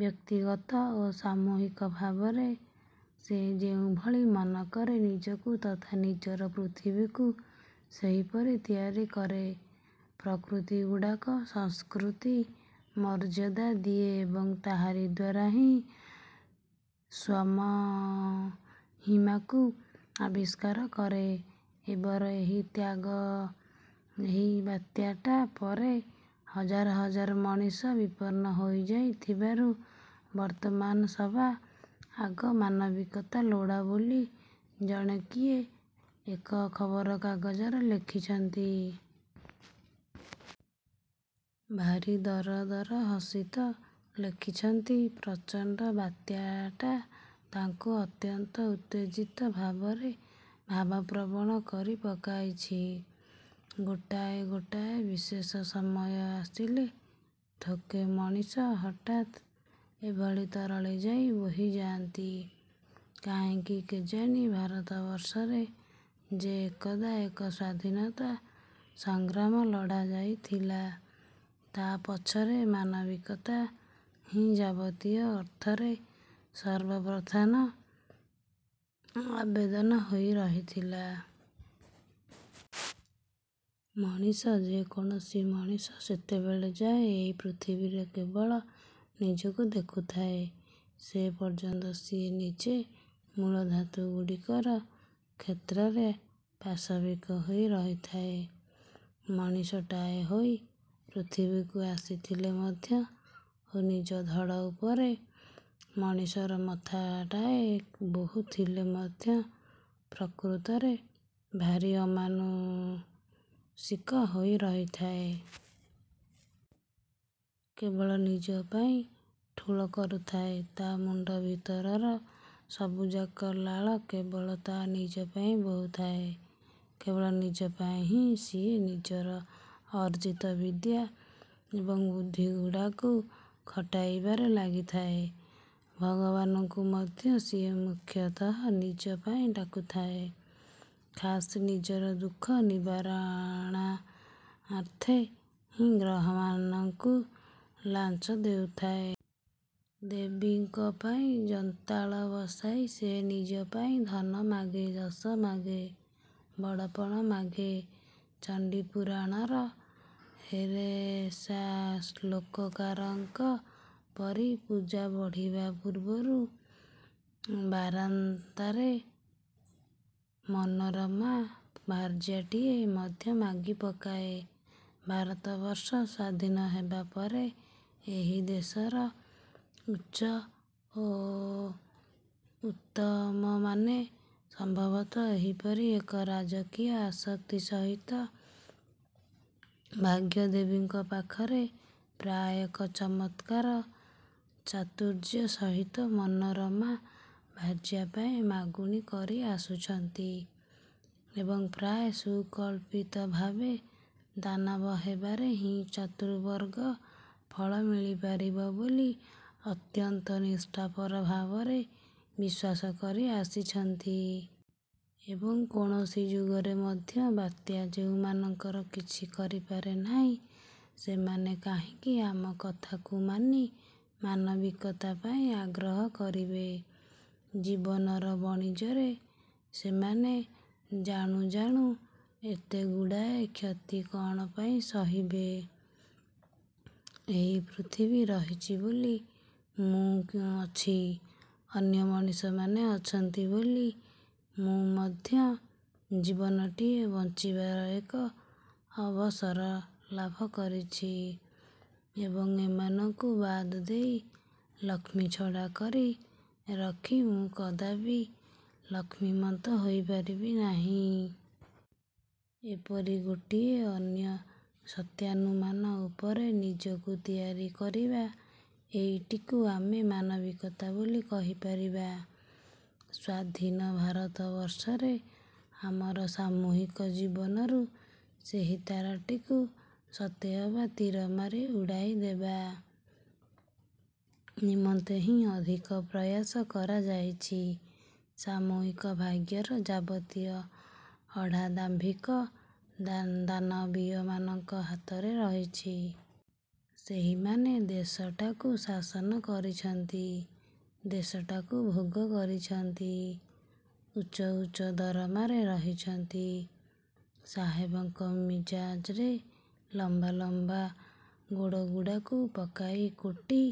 ବ୍ୟକ୍ତିଗତ ଓ ସାମୂହିକ ଭାବରେ ସେ ଯେଉଁଭଳି ମନ କରେ, ନିଜକୁ ତଥା ନିଜର ପୃଥିବୀକୁ ସେହିପରି ତିଆରି କରେ। ପ୍ରକୃତିଗୁଡ଼ାକୁ ସଂସ୍କୃତି ମର୍ଯ୍ୟାଦା ଦିଏ ଏବଂ ତାହାରି ଦ୍ୱାରା ହିଁ ସ୍ଵମହିମାକୁ ଆବିଷ୍କାର କରେ। ଏବର ଏହି ବାତ୍ୟାଟା ପରେ ହଜାର ହଜାର ମଣିଷ ବିପନ୍ନ ହୋଇଯାଇ ଥିବାରୁ ବର୍ତ୍ତମାନ ସବା ଆଗ ମାନବିକତା ଲୋଡ଼ା ବୋଲି ଜଣେ କିଏ ଏକ ଖବରକାଗଜରେ ଲେଖିଛନ୍ତି। ଭାରି ଦରଦର ସହିତ ଲେଖିଛନ୍ତି। ପ୍ରଚଣ୍ଡ ବାତ୍ୟାଟା ତାଙ୍କୁ ଅତ୍ୟନ୍ତ ଉତ୍ତେଜିତ ଭାବରେ ଭାବପ୍ରବଣ କରି ପକାଇଛି। ଗୋଟାଏ ଗୋଟାଏ ବିଶେଷ ସମୟ ଆସିଲେ ଥୋକେ ମଣିଷ ହଠାତ୍ ଏଭଳି ତରଳିଯାଇ ବୋହି ଯାଆନ୍ତି କାହିଁକି କେଜାଣି? ଭାରତବର୍ଷରେ ଯେ ଏକଦା ଏକ ସ୍ୱାଧୀନତା ସଂଗ୍ରାମ ଲଢ଼ାଯାଇଥିଲା, ତା'ପଛରେ ମାନବିକତା ହିଁ ଯାବତୀୟ ଅର୍ଥରେ ସର୍ବପ୍ରଧାନ ଆବେଦନ ହୋଇ ରହିଥିଲା। ମଣିଷ, ଯେକୌଣସି ମଣିଷ ଯେତେବେଳ ଯାଏ ଏହି ପୃଥିବୀରେ କେବଳ ନିଜକୁ ଦେଖୁଥାଏ, ସେ ପର୍ଯ୍ୟନ୍ତ ସିଏ ନିଜ ମୂଳଧାତୁ ଗୁଡ଼ିକର କ୍ଷେତ୍ରରେ ପାଶବିକ ହୋଇରହିଥାଏ। ମଣିଷଟାଏ ହୋଇ ପୃଥିବୀକୁ ଆସିଥିଲେ ମଧ୍ୟ ଓ ନିଜ ଧଡ଼ ଉପରେ ମଣିଷର ମଥାଟାଏ ବୋହୁଥିଲେ ମଧ୍ୟ ପ୍ରକୃତରେ ଭାରି ଅମାନୁଷିକ ହୋଇ ରହିଥାଏ। କେବଳ ନିଜ ପାଇଁ ଠୁଳ କରୁଥାଏ, ତା' ତୁଣ୍ଡ ଭିତରର ସବୁଯାକ ଲାଳ କେବଳ ତା' ନିଜ ପାଇଁ ବୋହୁଥାଏ। କେବଳ ନିଜପାଇଁ ହିଁ ସିଏ ନିଜର ଅର୍ଜିତ ବିଦ୍ୟା ଏବଂ ବୁଦ୍ଧିଗୁଡ଼ାକୁ ଖଟାଇବାରେ ଲାଗିଥାଏ। ଭଗବାନଙ୍କୁ ମଧ୍ୟ ସିଏ ମୁଖ୍ୟତଃ ନିଜ ପାଇଁ ଡାକୁଥାଏ, ଖାସ୍ ନିଜର ଦୁଃଖ ନିବାରଣାର୍ଥେ ହିଁ ଗ୍ରହମାନଙ୍କୁ ଲାଞ୍ଚ ଦେଉଥାଏ। ଦେବୀଙ୍କ ପାଇଁ ଯନ୍ତାଳ ବସାଇ ସେ ନିଜ ପାଇଁ ଧନ ମାଗେ, ଯଶ ମାଗେ, ବଡ଼ପଣ ମାଗେ, ଚଣ୍ଡୀପୁରାଣର ହେରେଷା ଶ୍ଳୋକକାରଙ୍କ ପରି ପୂଜା ବଢ଼ିବା ପୂର୍ବରୁ ବାରାନ୍ତରେ ମନୋରମା ଭାର୍ଯ୍ୟାଟିଏ ମଧ୍ୟ ମାଗିପକାଏ। ଭାରତବର୍ଷ ସ୍ଵାଧୀନ ହେବା ପରେ ଏହି ଦେଶର ଉଚ୍ଚ ଓ ଉତ୍ତମମାନେ ସମ୍ଭବତଃ ଏହିପରି ଏକ ରାଜକୀୟ ଆସକ୍ତି ସହିତ ଭାଗ୍ୟଦେବୀଙ୍କ ପାଖରେ ପ୍ରାୟ ଏକ ଚମତ୍କାର ଚାତୁର୍ଯ୍ୟ ସହିତ ମନୋରମା ଭାର୍ଯ୍ୟା ପାଇଁ ମାଗୁଣି କରି ଆସୁଛନ୍ତି ଏବଂ ପ୍ରାୟ ସୁକଳ୍ପିତ ଭାବେ ଦାନବ ହେବାରେ ହିଁ ଚତୁର୍ବର୍ଗ ଫଳ ମିଳିପାରିବ ବୋଲି ଅତ୍ୟନ୍ତ ନିଷ୍ଠାପର ଭାବରେ ବିଶ୍ୱାସ କରି ଆସିଛନ୍ତି। ଏବଂ, କୌଣସି ଯୁଗରେ ମଧ୍ୟ ବାତ୍ୟା ଯେଉଁମାନଙ୍କର କିଛି କରିପାରେ ନାହିଁ, ସେମାନେ କାହିଁକି ଆମ କଥାକୁ ମାନି ମାନବିକତା ପାଇଁ ଆଗ୍ରହ କରିବେ? ଜୀବନର ବଣିଜରେ ସେମାନେ ଜାଣୁଜାଣୁ ଏତେଗୁଡ଼ାଏ କ୍ଷତି କ'ଣ ପାଇଁ ସହିବେ? ଏହି ପୃଥିବୀ ରହିଛି ବୋଲି ମୁଁ ଅଛି, ଅନ୍ୟ ମଣିଷମାନେ ଅଛନ୍ତି ବୋଲି ମୁଁ ମଧ୍ୟ ଜୀବନଟିଏ ବଂଚିବାର ଏକ ଅବସର ଲାଭ କରିଛି ଏବଂ ଏମାନଙ୍କୁ ବାଦ୍ ଦେଇ, ଲକ୍ଷ୍ମୀଛଡ଼ା କରି ରଖି ମୁଁ କଦାପି ଲକ୍ଷ୍ମୀମନ୍ତ ହୋଇପାରିବି ନାହିଁ। ଏପରି ଗୋଟିଏ ଅନ୍ୟ ସତ୍ୟାନୁମାନ ଉପରେ ନିଜକୁ ତିଆରି କରିବା, ଏଇଟିକୁ ଆମେ ମାନବିକତା ବୋଲି କହିପାରିବା। ସ୍ୱାଧୀନ ଭାରତବର୍ଷରେ ଆମର ସାମୂହିକ ଜୀବନରୁ ସେହି ତାରାଟିକୁ ସତେଅବା ତୀରମାରି ଉଡ଼ାଇ ଦେବା ନିମନ୍ତେ ହିଁ ଅଧିକ ପ୍ରୟାସ କରାଯାଇଛି। ସାମୂହିକ ଭାଗ୍ୟର ଯାବତୀୟ ଅଢ଼ା ଦାମ୍ଭିକ ଦାନବୀୟମାନଙ୍କ ହାତରେ ରହିଛି। ସେହିମାନେ ଦେଶଟାକୁ ଶାସନ କରିଛନ୍ତି, ଦେଶଟାକୁ ଭୋଗ କରିଛନ୍ତି। ଉଚ୍ଚ ଉଚ୍ଚ ଦରମାରେ ରହିଛନ୍ତି, ସାହେବଙ୍କ ମିଜାଜରେ ଲମ୍ବା ଲମ୍ବା ଗୋଡ଼ଗୁଡ଼ାକୁ ପକାଇ କୋଟି